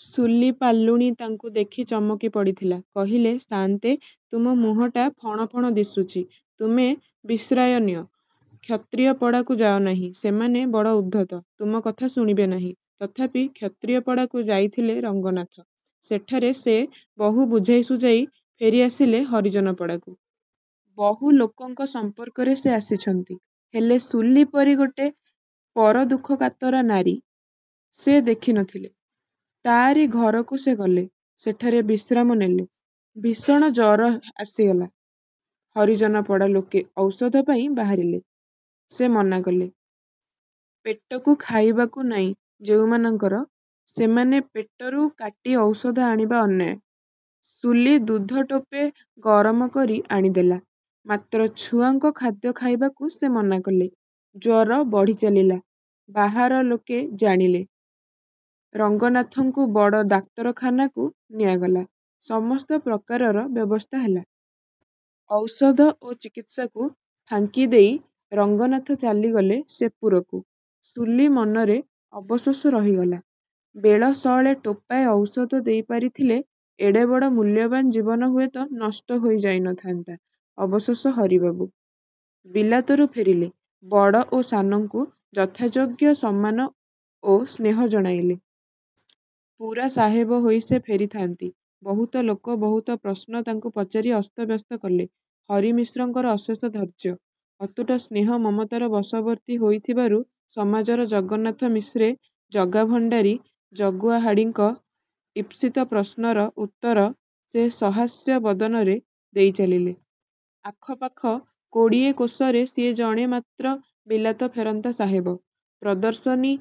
ସୁଲି ପାଲୁଣି ତାଙ୍କୁ ଦେଖି ଚମକିପଡ଼ିଥିଲା। କହିଲେ—ସାଆନ୍ତେ, ତୁମ ମୁହଁଟା ଫଣ ଫଣ ଦିଶୁଚି। ତୁମେ ବିଶ୍ରାୟ ନିଅ। କ୍ଷତ୍ରିୟ ପଡ଼ାକୁ ଯାଅ ନାହିଁ। ସେମାନେ ବଡ଼ ଉଦ୍ଧତ। ତୁମ କଥା ଶୁଣିବେ ନାହିଁ। ତଥାପି କ୍ଷତ୍ରିୟପଡ଼ାକୁ ଯାଇଥିଲେ ରଙ୍ଗନାଥ। ସେଠାରେ ସେ ବହୁ ବୁଝାଇ ସୁଝାଇ ଫେରି ଆସିଲେ ହରିଜନପଡ଼ାକୁ। ବହୁ ଲୋକଙ୍କ ସମ୍ପର୍କରେ ସେ ଆସିଛନ୍ତି, ହେଲେ ସୁଲି ପରି ଗୋଟେ ପର ଦୁଃଖକାତରା ନାରୀ। ସେ ଦେଖି ନ ଥିଲେ। ତାରି ଘରକୁ ସେ ଗଲେ। ସେଠାରେ ବିଶ୍ରାମ ନେଲେ-। ଭୀଷଣ ଜର ଆସିଗଲା। ହରିଜନପଡ଼ା ଲୋକେ ଔଷଧ ପାଇଁ ବାହାରିଲେ। ସେ ମନାକଲେ-। ପେଟକୁ ଖାଇବାକୁ ନାଇଁ ଯେଉଁମାନଙ୍କର, ସେମାନେ ପେଟରୁ କାଟି ଔଷଧ ଆଣିବା ଅନ୍ୟାୟ-। ସୁଲି ଦୁଧ ଟୋପେ ଗରମ କରି ଆଣି ଦେଲା; ମାତ୍ର ଛୁଆଙ୍କ ଖାଦ୍ୟ ଖାଇବାକୁ ସେ ମନାକଲେ-। ଜ୍ୱର ବଢ଼ିଚାଲିଲା। ବାହାର ଲୋକେ ଜାଣିଲେ। ରଙ୍ଗନାଥଙ୍କୁ ବଡ଼ ଡାକ୍ତରଖାନାକୁ ନିଆଗଲା। ସମସ୍ତ ପ୍ରକାରର ବ୍ୟବସ୍ଥା ହେଲା। ଔଷଧ ଓ ଚିକିତ୍ସାକୁ ଫାଙ୍କି ଦେଇ ରଙ୍ଗନାଥ ଚାଲିଗଲେ ସେପୁରକୁ। ସୁଲୀ ମନରେ ଅବଶୋଷ ରହିଗଲା! ବେଳ ସଅଳେ ଟୋପାଏ ଔଷଧ ଦେଇପାରିଥିଲେ ଏଡ଼େବଡ଼ ମୂଲ୍ୟବାନ ଜୀବନ ହୁଏତ ନଷ୍ଟ ହୋଇ ଯାଇ ନ ଥାଆନ୍ତା। ଅବଶୋଷ ହରିବାବୁ। ବିଲାତରୁ ଫେରିଲେ, ବଡ଼ ଓ ସାନଙ୍କୁ ଯଥାଯୋଗ୍ୟ ସମ୍ମାନ ଓ ସ୍ନେହ ଜଣାଇଲେ। ପୁରା ସାହେବ ହୋଇ ସେ ଫେରିଥାଆନ୍ତି। ବହୁତ ଲୋକ ବହୁତ ପ୍ରଶ୍ନ ତାଙ୍କୁ ପଚାରି ଅସ୍ତବ୍ୟସ୍ତ କଲେ। ହରି ମିଶ୍ରଙ୍କର ଅଶେଷ ଧୈର୍ଯ୍ୟ। ଅତୁଟ ସ୍ନେହ ମମତାର ବଶବର୍ତ୍ତୀ ହୋଇଥିବାରୁ ସମାଜର ଜଗନ୍ନାଥ ମିଶ୍ରେ, ଜଗା ଭଣ୍ତାରୀ, ଜଗୁଆ ହାଡ଼ିଙ୍କ ଇପ୍ସିତ ପ୍ରଶ୍ନର ଉତ୍ତର ସେ ସହାସ୍ୟ ବଦନରେ ଦେଇ ଚାଲିଲେ। ଆଖପାଖ କୋଡ଼ିଏ କୋଶରେ ସିଏ ଜଣେ ମାତ୍ର ବିଲାତଫେରନ୍ତା ସାହେବ। ପ୍ରଦର୍ଶନୀ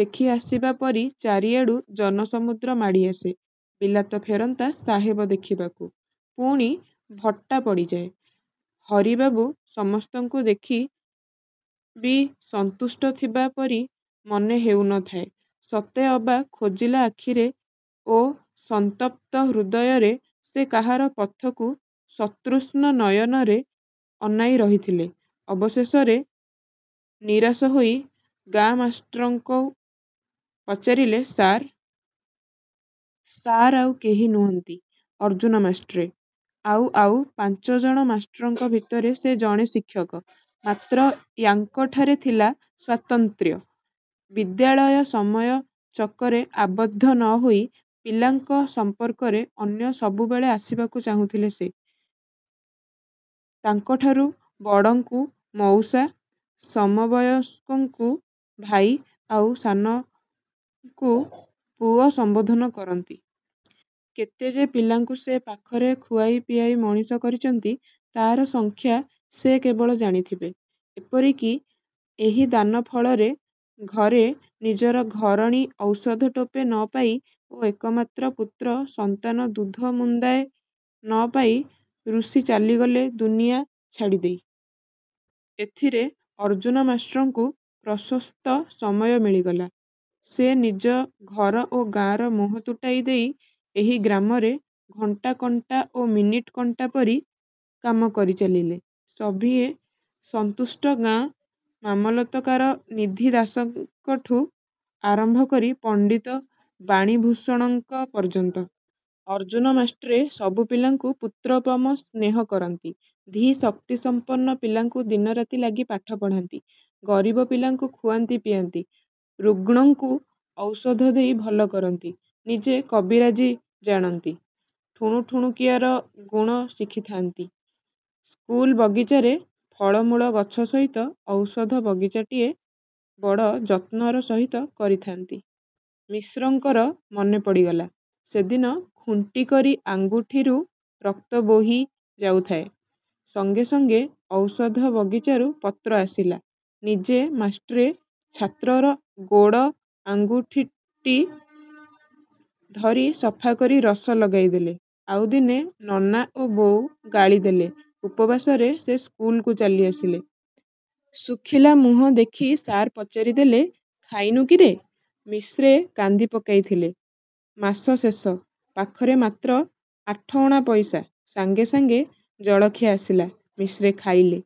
ଦେଖି ଆସିବା ପରି ଚାରିଆଡ଼ୁ ଜନସମୁଦ୍ର ମାଡ଼ିଆସେ ବିଲାତଫେରନ୍ତା ସାହେବ ଦେଖିବାକୁ। ପୁଣି ଭଟ୍ଟା ପଡ଼ିଯାଏ। ହରିବାବୁ ସମସ୍ତଙ୍କୁ ଦେଖି ବି ସନ୍ତୁଷ୍ଟ ଥିବା ପରି ମନେ ହେଉ ନ ଥାଏ, ସତେ ଅବା ଖୋଜିଲା ଆଖିରେ ଓ ସନ୍ତପ୍ତ ହୃଦୟରେ ସେ କାହାର ପଥକୁ ସତୃଷ୍ଣ ନୟନରେ ଅନାଇ ରହିଥିଲେ, ଅବଶେଷରେ ନିରାଶ ହୋଇ ଗାଁ ମାଷ୍ଟ୍ରଙ୍କୁ ପଚାରିଲେ—ସାର୍? ସାର୍ ଆଉ କେହି ନୁହନ୍ତି। ଅର୍ଜୁନ ମାଷ୍ଟ୍ରେ। ଆଉ ଆଉ ପାଞ୍ଚଜଣ ମାଷ୍ଟ୍ରଙ୍କ ଭିତରେ ସେ ଜଣେ ଶିକ୍ଷକ। ମାତ୍ର ୟା'ଙ୍କଠାରେ ଥିଲା ସ୍ୱାତନ୍ତ୍ର୍ୟ। ବିଦ୍ୟାଳୟ ସମୟ-ଚକରେ ଆବଦ୍ଧ ନ ହୋଇ, ପିଲାଙ୍କ ସମ୍ପର୍କରେ ଅନ୍ୟ ସବୁବେଳେ ଆସିବାକୁ ଚାହୁଁଥିଲେ ସେ। ତାଙ୍କଠାରୁ ବଡ଼ଙ୍କୁ ମଉସା, ସମବୟସ୍କଙ୍କୁ ଭାଇ, ଆଉ ସାନଙ୍କୁ ପୁଅ ସମ୍ବୋଧନ କରନ୍ତି। କେତେ ଯେ ପିଲାଙ୍କୁ ସେ ପାଖରେ ଖୁଆଇ ପିଆଇ ମଣିଷ କରଚନ୍ତି, ତାର ସଂଖ୍ୟା ସେ କେବଳ ଜାଣିଥିବେ। ଏପରି କି ଏହି ଦାନ ଫଳରେ ଘରେ ନିଜର ଘରଣୀ ଔଷଧ ଟୋପେ ନ ପାଇ ଓ ଏକମାତ୍ର ପୁତ୍ର ସନ୍ତାନ ଦୁଧ ମୁନ୍ଦାଏ ନ ପାଇ ରୁଷି ଚାଲିଗଲେ ଦୁନିଆଁ ଛାଡ଼ିଦେଇ। ଏଥିରେ ଅର୍ଜ୍ଜୁନ ମାଷ୍ଟ୍ରଙ୍କୁ ପ୍ରଶସ୍ତ ସମୟ ମିଳିଗଲା। ସେ ନିଜ ଘର ଓ ଗାଁର ମୋହ ତୁଟାଇ ଦେଇ ଏହି ଗ୍ରାମରେ ଘଣ୍ଟା କଣ୍ଟା ଓ ମିନିଟ କଣ୍ଟା ପରି କାମ କରିଚାଲିଲେ। ସଭିଏ ସନ୍ତୁଷ୍ଟ—ଗାଁ ମାମଲତକାର ନିଧି ଦାସଙ୍କଠୁଁ ଆରମ୍ଭ କରି ପଣ୍ତିତ ବାଣୀ ଭୂଷଣଙ୍କ ପର୍ଯ୍ୟନ୍ତ। ଅର୍ଜ୍ଜୁନ ମାଷ୍ଟ୍ରେ ସବୁ ପିଲାଙ୍କୁ ପୁତ୍ରୋପମ ସ୍ନେହ କରନ୍ତି। ଧୀ ଶକ୍ତିସମ୍ପନ୍ନ ପିଲାଙ୍କୁ ଦିନ ରାତି ଲାଗି ପାଠ ପଢ଼ାନ୍ତି। ଗରିବ ପିଲାଙ୍କୁ ଖୁଆନ୍ତି ପିଆନ୍ତି, ରୁଗ୍ଣଙ୍କୁ ଔଷଧ ଦେଇ ଭଲ କରନ୍ତି। ନିଜେ କବିରାଜି ଜାଣନ୍ତି। ଠୁଣୁ ଠୁଣୁକିଆର ଗୁଣ ଶିଖି ଥାଆନ୍ତି। ସ୍କୁଲ ବଗିଚାରେ ଫଳମୂଳ ଗଛ ସହିତ ଔଷଧ ବଗିଚାଟିଏ ବଡ଼ ଯତ୍ନର ସହିତ କରିଥାଆନ୍ତି। ମିଶ୍ରଙ୍କର ମନେପଡ଼ିଗଲା। ସେଦିନ ଖୁଣ୍ଟିକରି ଆଙ୍ଗୁଠିରୁ ରକ୍ତ ବୋହି ଯାଉଥାଏ। ସଙ୍ଗେ ସଙ୍ଗେ ଔଷଧ ବଗିଚାରୁ ପତ୍ର ଆସିଲା। ନିଜେ ମାଷ୍ଟ୍ରେ ଛାତ୍ରର ଗୋଡ଼ ଆଙ୍ଗୁଠିଟି ଧରି ସଫା କରି ରସ ଲଗାଇଦେଲେ। ଆଉ ଦିନେ, ନନା ଓ ବୋଉ ଗାଳି ଦେଲେ। ଉପବାସରେ ସେ ସ୍କୁଲକୁ ଚାଲିଆସିଲେ। ଶୁଖିଲା ମୁହଁ ଦେଖି ସାର୍ ପଚାରିଦେଲେ—ଖାଇନୁ କିରେ? ମିଶ୍ରେ କାନ୍ଦି ପକାଇ ଥିଲେ। ମାସ ଶେଷ। ପାଖରେ ମାତ୍ର ଆଠଅଣା ପଇସା। ସାଙ୍ଗେ ସାଙ୍ଗେ ଜଳଖିଆ ଆସିଲା, ମିଶ୍ରେ ଖାଇଲେ।